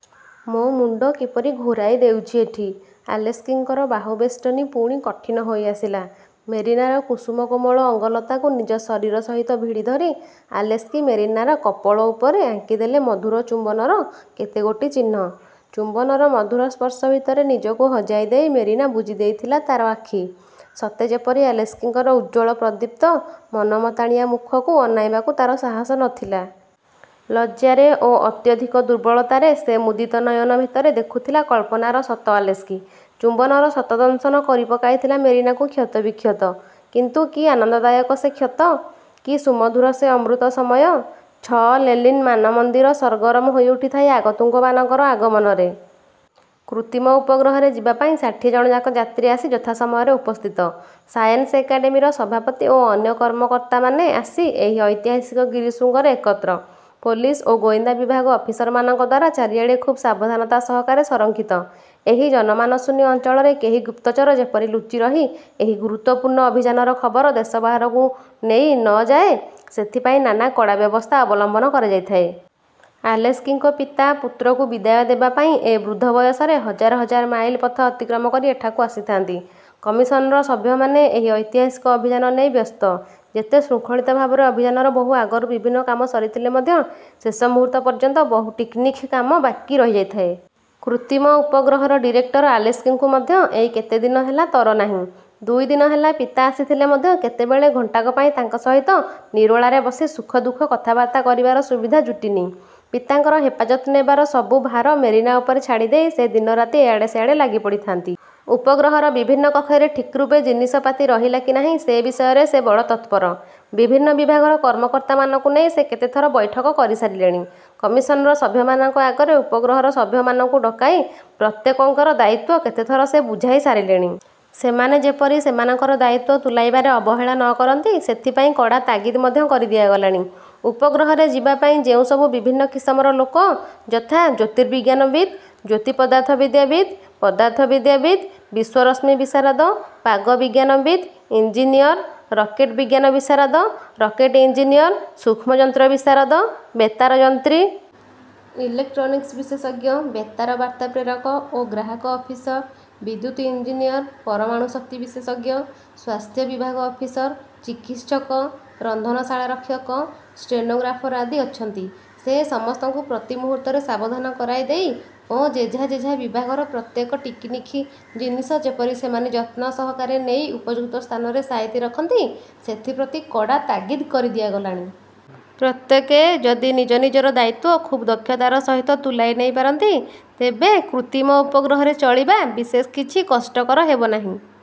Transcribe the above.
ମୋ ମୁଣ୍ଡ କିପରି ଘୂରାଇ ଦେଉଛି ଏଠି। '' ଆଲେସ୍କିଙ୍କର ବାହୁବେଷ୍ଟନୀ ପୁଣି କଠିନ ହୋଇଆସିଲା। ମେରିନାର କୁସୁମକୋମଳ ଅଙ୍ଗଲତାକୁ ନିଜ ଶରୀର ସହିତ ଭିଡ଼ି ଧରି ଆଲେସ୍କି ମେରିନାର କପୋଳ ଉପରେ ଆଙ୍କିଦେଲେ ମଧୁର ଚୁମ୍ବନର କେତେଗୋଟି ଚିହ୍ନ। ଚୁମ୍ବନର ମଧୁର ସ୍ପର୍ଶ ଭିତରେ ନିଜକୁ ହଜାଇ ଦେଇ ମେରିନା ବୁଜିଦେଇଥିଲା ତା'ର ଆଖି; ସତେ ଯେପରି ଆଲେସ୍କିଙ୍କର ଉଜ୍ଜ୍ୱଳ ପ୍ରଦୀପ୍ତ ମନମତାଣିଆ ମୁଖକୁ ଅନାଇବାକୁ ତା'ର ସାହସ ନ ଥିଲା। ଲଜ୍ଜାରେ ଓ ଅତ୍ୟଧିକ ଦୁର୍ବଳତାରେ ସେ ମୁଦିତ ନୟନ ଭିତରେ ଦେଖୁଥିଲା କଳ୍ପନାର ଶତ ଆଲେସ୍କି। ଚୁମ୍ବନର ଶତ ଦଂଶନ କରିପକାଇଥିଲା ମେରିନାକୁ କ୍ଷତ–ବିକ୍ଷତ; କିନ୍ତୁ କି ଆନନ୍ଦଦାୟକ ସେ କ୍ଷତ, କି ସୁମଧୁର ସେ ଅମୃତ ସମୟ। ଛଅ ଲେନିନ୍ ମାନମନ୍ଦିର ସରଗରମ୍ ହୋଇଉଠିଥାଏ ଆଗନ୍ତୁକମାନଙ୍କର ଆଗମନରେ। କୃତ୍ରିମ ଉପଗ୍ରହରେ ଯିବାପାଇଁ ଷାଠିଏ ଜଣଯାକ ଯାତ୍ରୀ ଆସି ଯଥାସମୟରେ ଉପସ୍ଥିତ। ସାଏନ୍ସ ଏକାଡ଼େମୀର ସଭାପତି ଓ ଅନ୍ୟ କର୍ମକର୍ତ୍ତାମାନେ ଆସି ଏହି ଐତିହାସିକ ଗିରିଶୃଙ୍ଗରେ ଏକତ୍ର। ପୋଲିସ ଓ ଗୋଏନ୍ଦା ବିଭାଗ ଅଫିସରମାନଙ୍କ ଦ୍ୱାରା ଚାରିଆଡ଼ ଖୁବ୍ ସାବଧନତା ସହକାରେ ସଂରକ୍ଷିତ। ଏହି ଜନମାନଶୂନ୍ୟ ଅଞ୍ଚଳରେ କେହି ଗୁପ୍ତଚର ଯେପରି ଲୁଚିରହି ଏହି ଗୁରୁତ୍ୱପୂର୍ଣ୍ଣ ଅଭିଯାନର ଖବର ଦେଶ ବାହାରକୁ ନେଇ ନ ଯାଏ, ସେଥିପାଇଁ ନାନା କଡ଼ା ବ୍ୟବସ୍ଥା ଅବଲମ୍ବନ କରାଯାଇଥାଏ। ଆଲେସ୍କିଙ୍କ ପିତା ପୁତ୍ରକୁ ବିଦାୟ ଦେବାପାଇଁ ଏ ବୃଦ୍ଧ ବୟସରେ ହଜାର ହଜାର ମାଇଲ ପଥ ଅତିକ୍ରମ କରି ଏଠାକୁ ଆସିଥାନ୍ତି। କମିଶନ୍ର ସଭ୍ୟମାନେ ଏହି ଐତିହାସିକ ଅଭିଯାନ ନେଇ ବ୍ୟସ୍ତ। ଯେତେ ଶୃଙ୍ଖଳିତ ଭାବରେ ଅଭିଯାନର ବହୁ ଆଗରୁ ବିଭିନ୍ନ କାମ ସାରିଥିଲେ ମଧ୍ୟ ଶେଷ ମୁହୂର୍ତ୍ତ ପର୍ଯ୍ୟନ୍ତ ବହୁ ଟିକିନିଖି କାମ ବାକି ରହିଯାଇଥାଏ। କୃତ୍ରିମ ଉପଗ୍ରହର ଡିରେକ୍ଟର ଆଲେସ୍କିଙ୍କୁ ମଧ୍ୟ ଏଇ କେତେ ଦିନ ହେଲା ତର ନାହିଁ-। ଦୁଇଦିନ ହେଲା ପିତା ଆସିଥିଲେ ମଧ୍ୟ କେତେବେଳେ ଘଣ୍ଟାକ ପାଇଁ ତାଙ୍କ ସହିତ ନିରୋଳାରେ ବସି ସୁଖଦୁଃଖ କଥାବାର୍ତ୍ତା କରିବାର ସୁବିଧା ଜୁଟିନି। ପିତାଙ୍କର ହେପାଜତ୍ ନେବାର ସବୁ ଭାର ମେରିନା ଉପରେ ଛାଡ଼ିଦେଇ ସେ ଦିନରାତି ଏଆଡ଼େ ସେଆଡ଼େ ଲାଗିପଡ଼ିଥାନ୍ତି। ଉପଗ୍ରହର ବିଭିନ୍ନ କକ୍ଷରେ ଠିକ୍ରୂପେ ଜିନିଷପାତି ରହିଲା କି ନାହିଁ, ସେ ବିଷୟରେ ସେ ବଡ଼ ତତ୍ପର। ବିଭିନ୍ନ ବିଭାଗର କର୍ମକର୍ତ୍ତାମାନଙ୍କୁ ନେଇ ସେ କେତେଥର ବୈଠକ କରିସାରିଲେଣି। କମିଶନ୍ର ସଭ୍ୟମାନଙ୍କ ଆଗରେ ଉପଗ୍ରହର ସଭ୍ୟମାନଙ୍କୁ ଡକାଇ ପ୍ରତ୍ୟେକଙ୍କର ଦାୟିତ୍ୱ କେତେ ଥର ସେ ବୁଝାଇ ସାରିଲେଣି। ସେମାନେ ଯେପରି ସେମାନଙ୍କର ଦାୟିତ୍ୱ ତୁଲାଇବାରେ ଅବହେଳା ନ କରନ୍ତି, ସେଥିପାଇଁ କଡ଼ା ତାଗିଦ୍ ମଧ୍ୟ କରିଦିଆଗଲାଣି। ଉପଗ୍ରହରେ ଯିବାପାଇଁ ଯେଉଁ ସବୁ ବିଭିନ୍ନ କିସମର ଲୋକ, ଯଥା–ଜ୍ୟୋତିର୍ବିଜ୍ଞାନବିତ୍, ଜ୍ୟୋତିଃ ପଦାର୍ଥବିଦ୍ୟାବିତ୍, ପଦାର୍ଥବିଦ୍ୟାବିତ୍, ବିଶ୍ୱରଶ୍ମିବିଶାରଦ, ପାଗବିଜ୍ଞାନବିତ୍, ଇଞ୍ଜିନିଅର, ରକେଟ୍ ବିଜ୍ଞାନ–ବିଶାରଦ, ରକେଟ ଇଞ୍ଜିନିଅର, ସୂକ୍ଷ୍ମଯନ୍ତ୍ରବିଶାରଦ, ବେତାରଯନ୍ତ୍ରୀ, ଇଲେକ୍ଟ୍ରନିକ୍ସ୍ବିଶେଷଜ୍ଞ, ବେତାରବାର୍ତ୍ତା ପ୍ରେରକ ଓ ଗ୍ରାହକ ଅଫିସର, ବିଦ୍ୟୁତ୍ ଇଞ୍ଜିନିଅର, ପରମାଣୁଶକ୍ତି ବିଶେଷଜ୍ଞ, ସ୍ୱାସ୍ଥ୍ୟବିଭାଗ ଅଫିସର, ଚିକିତ୍ସକ, ରନ୍ଧନଶାଳାରକ୍ଷକ, ଷ୍ଟେନୋଗ୍ରାଫର୍ ଆଦି ଅଛନ୍ତି, ସେ ସମସ୍ତଙ୍କୁ ପ୍ରତି ମୁହୂର୍ତ୍ତରେ ସାବଧାନ କରାଇଦେଇ ଓ ଯେଝା ଯେଝା ବିଭାଗର ପ୍ରତ୍ୟେକ ଟିକିନିଖି ଜିନିଷ ଯେପରି ସେମାନେ ଯତ୍ନସହକାରେ ନେଇ ଉପଯୁକ୍ତ ସ୍ଥାନରେ ସାଇତି ରଖନ୍ତି, ସେଥିପ୍ରତି କଡ଼ା ତାଗିଦ୍ କରିଦିଆଗଲାଣି। ପ୍ରତ୍ୟେକେ ଯଦି ନିଜ ନିଜର ଦାୟିତ୍ୱ ଖୁବ୍ ଦକ୍ଷତାର ସହିତ ତୁଲାଇ ନେଇପାରନ୍ତି, ତେବେ କୃତ୍ରିମ ଉପଗ୍ରହରେ ଚଳିବା ବିଶେଷ କିଛି କଷ୍ଟକର ହେବ ନାହିଁ।